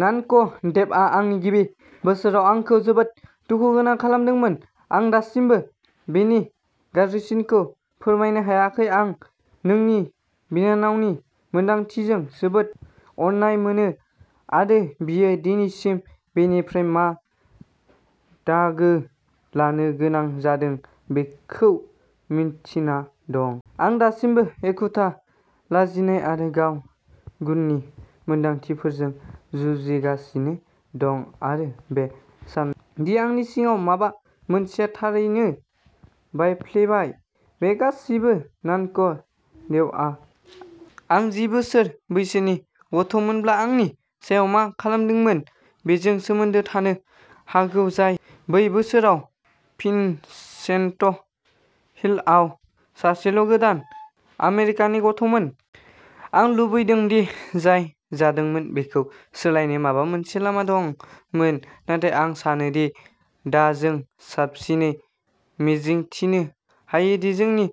नोनक' देबआ आंनि गिबि बोसोराव आंखौ जोबोद दुखुगोनां खालामदोंमोन। आं दासिमबो बेनि गाज्रिसिनखौ फोरमायनो हायाखै। आं नोंनि बिनानावनि मोन्दांथिजों जोबोद अननाय मोनो आरो बियो दिनैसिम बेनिफ्राय मा दागो लानो गोनां जादों बेखौ मिन्थिना दं। आं दासिमबो एखुथा, लाजिनाय आरो गाव गुननि मोनदांथिफोरजों जुजिगासिनो दं आरो बे साननाया दि आंनि सिङाव माबा मोनसेआ थारैनो बायफ्लेबाय। बे गासैबो नानक' देवआ आं जि बोसोर बैसोनि गथ'मोनब्ला आंनि सायाव मा खालामदोंमोन बेजों सोमोन्दो थानो हागौ, जाय बै बोसोराव भिनसेन्ट हिलआव सासेल' गोदान आमेरिकानि गथ'मोन। आं लुबैदों दि जाय जादोंमोन बेखौ सोलायनो माबा मोनसे लामा दंमोन नाथाय आं सानो दि दा जों साबसिनै मिजिंथिनो हायोदि जोंनि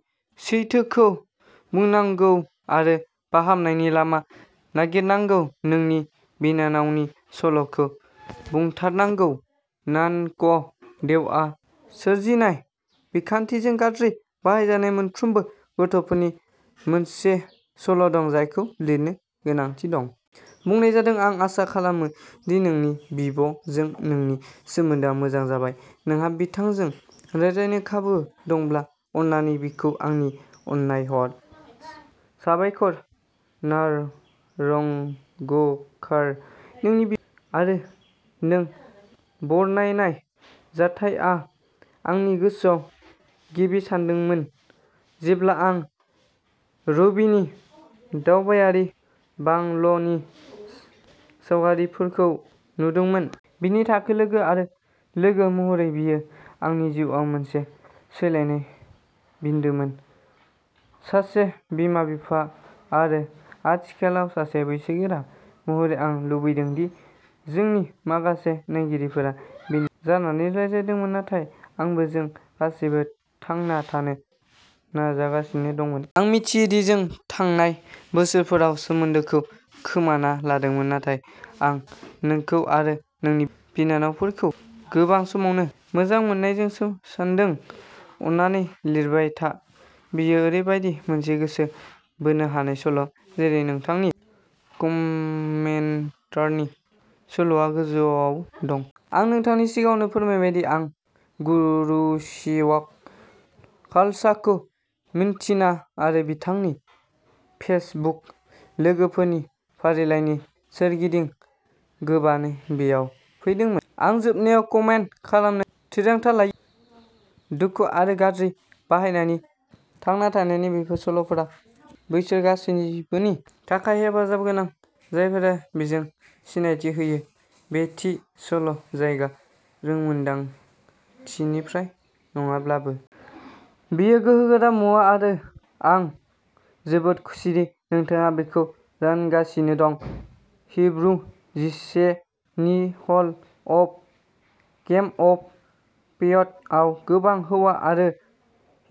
सैथोखौ बुंनांगौ आरो फाहामनायनि लामा नागिरनांगौ। नोंनि बिनानावनि सल'खौ बुंथारनांगौ। नानक देवआ सोरजिनाय बिखान्थिजों गाज्रि बाहायजानाय मोनफ्रोमबो गथ'फोरनि मोनसे सल' दं जायखौ लिरनो गोनांथि दं। बुंनाय जादों आं आसा खालामो दि नोंनि बिब' जों नोंनि सोमोन्दोआ मोजां जाबाय। नोंहा बिथांजों रायज्लायनो खाबु दंब्ला, अन्नानै बिखौ आंनि अननाय हर। साबायखर नारंगकार नोंनि बिब' आरो नों बरनायनाय जाथायआ आंनि गोसोआव गिबि सानदोंमोन जेब्ला आं रबिनि दावबायारि बांल'नि सावगारिफोरखौ नुदोंमोन। बिनि थाखो लोगो आरो लोगो महरै बेयो आंनि जिउआव मोनसे सोलायनाय बिन्दोमोन। सासे बिमा-बिफा आरो आथिखालाव सासे बैसोगोरा महरै, आं लुबैदों दि जोंनि माखासे नायगिरिफोरा बिनि जानानै रायज्लायदोंमोन नाथाय आंबो। जों गासैबो थांना थानो नाजागासिनो दंमोन। आं मिथियो दि जों थांनाय बोसोरफोराव सोमोन्दोखौ खोमाना लादोंमोन नाथाय आं नोंखौ आरो नोंनि बिनानावफोरखौ गोबां समावनो मोजां मोननायजों सानदों। अन्नानै लिरबाय था। बेयो ओरैबायदि मोनसे गोसो बोनो हानाय सल', जेरै नोंथांनि कमेन्टारनि सल'आ गोजौवाव दं। आं नोंथांनो सिगाङावनो फोरमायबाय दि आं गुरुसेवक खालसाखौ मिन्थिना आरो बिथांनि फेसबुक लोगोफोरनि फारिलाइनि सोरगिदिं गोबानो बेयाव फैदोंमोन। आं जोबनायाव कमेन्ट खालामनो थिरांथा लायो। दुखु आरो गाज्रि बाहायनायनि थांना थानायनि बेफोर सल'फोरा बैसोर गासैबोनि थाखाय हेफाजाब गोनां, जायफोरा बेजों सिनायथि होयो, बे थि सल' जायगा रोंमोनदांथिनिफ्राय नङाब्लाबो। बेयो गोहोगोरा मुवा आरो आं जोबोद खुसिदि नोंथाङा बेखौ रानगासिनो दं। हिब्रु जिसे नि hall of fame of faith आव गोबां हौवा आरो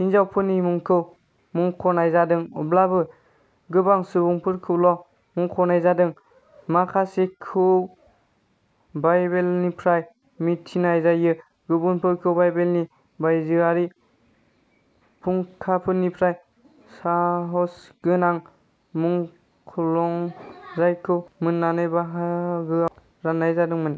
हिनजावफोरनि मुंखौ मुंख'नाय जादों, अब्लाबो गोबां सुबुंफोरखौल' मुंख'नाय जादों। माखासेखौ बाइबेलनिफ्राय मिथिनाय जायो, गुबुनफोरखौ बाइबेलनि बायजोआरि फुंखाफोरनिफ्राय। साहसगोनां मुंख्लं जायखौ मोननानै बाहागोआव रान्नाय जादोंमोन।